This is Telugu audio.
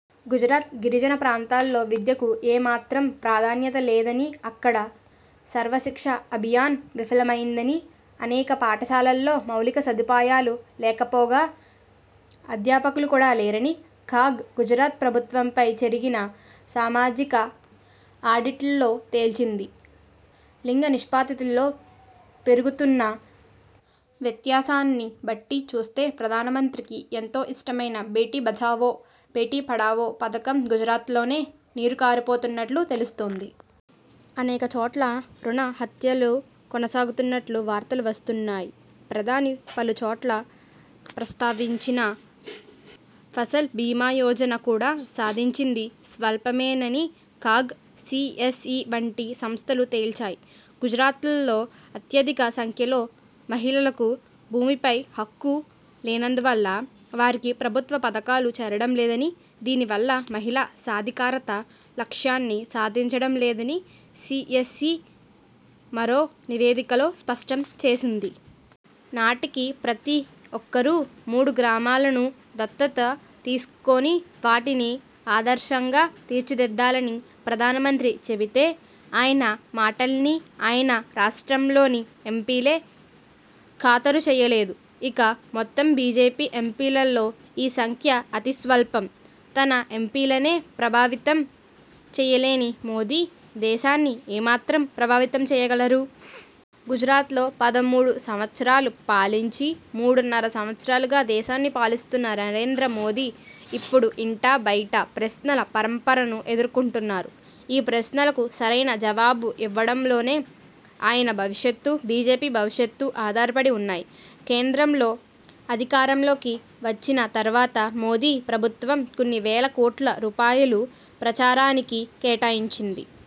గుజరాత్ గిరిజన ప్రాంతాల్లో విద్యకు ఏ మాత్రం ప్రాధాన్యత లేదని, అక్కడ సర్వశిక్షాఅభియాన్ విఫలమైందని, అనేక పాఠశాల్లో మౌలిక సదుపాయాలు లేకపోగా అధ్యాపకులు కూడా లేరని కాగ్ గుజరాత్ ప్రభుత్వంపై జరిగిన సామాజిక ఆడిట్లో తేల్చింది. లింగ నిష్పత్తిలో పెరుగుతున్న వ్యత్యాసాన్ని బట్టి చూస్తే ప్రధానమంత్రికి ఎంతో ఇష్టమైన 'బేటీ బచావో– బేటీ పడావో' పథకం గుజరాత్లోనే నీరుగారిపోతున్నట్లు తెలుస్తోంది. అనేక చోట్ల భ్రూణ హత్యలు కొనసాగుతున్నట్లు వార్తలు వస్తున్నాయి. ప్రధాని పలుచోట్ల ప్రస్తావించిన ఫసల్ బీమాయోజన కూడా సాధించింది స్వల్పమేనని కాగ్, సీఎస్ఈ వంటి సంస్థలు తేల్చాయి. గుజరాత్లో అత్యధిక సంఖ్యలో మహిళలకు భూమిపై హక్కు లేనందువల్ల వారికి ప్రభుత్వ పథకాలు చేరడంలేదని, దీనివల్ల మహిళా సాధికారత లక్ష్యాన్ని సాధించడంలేదని సీఎస్ఈ మరో నివేదికలో స్పష్టం చేసింది. నాటికీ ప్రతి ఒక్కరూ మూడు గ్రామాలను దత్తత తీసుకొని వాటిని ఆదర్శంగా తీర్చిదిద్దాలని ప్రధానమంత్రి చెబితే ఆయన మాటల్ని ఆయన రాష్ట్రం లోని ఎంపీలే ఖాతరు చేయలేదు. ఇక మొత్తం బీజేపీ ఎంపీల్లో ఈ సంఖ్య అతి స్వల్పం. తన ఎంపీలనే ప్రభావితం చేయలేని మోదీ దేశాన్ని ఏమాత్రం ప్రభావితంచేయగలరు? గుజరాత్లో పదమూడు సంవత్సరాలు పాలించి, మూడున్నర సంవత్సరాలుగా దేశాన్ని పాలిస్తున్న నరేంద్రమోదీ ఇప్పుడు ఇంటా బయటా ప్రశ్నల పరంపరను ఎదుర్కొంటున్నారు. ఈ ప్రశ్నలకు సరైన జవాబివ్వడంలోనే ఆయన భవిష్యత్, బీజేపీ భవిష్యత్ ఆధారపడి ఉన్నాయి. కేంద్రంలో అధికారంలోకి వచ్చిన తర్వాత మోదీ ప్రభుత్వం కొన్ని వేల కోట్ల రూపాయలు ప్రచారానికి కేటాయించింది.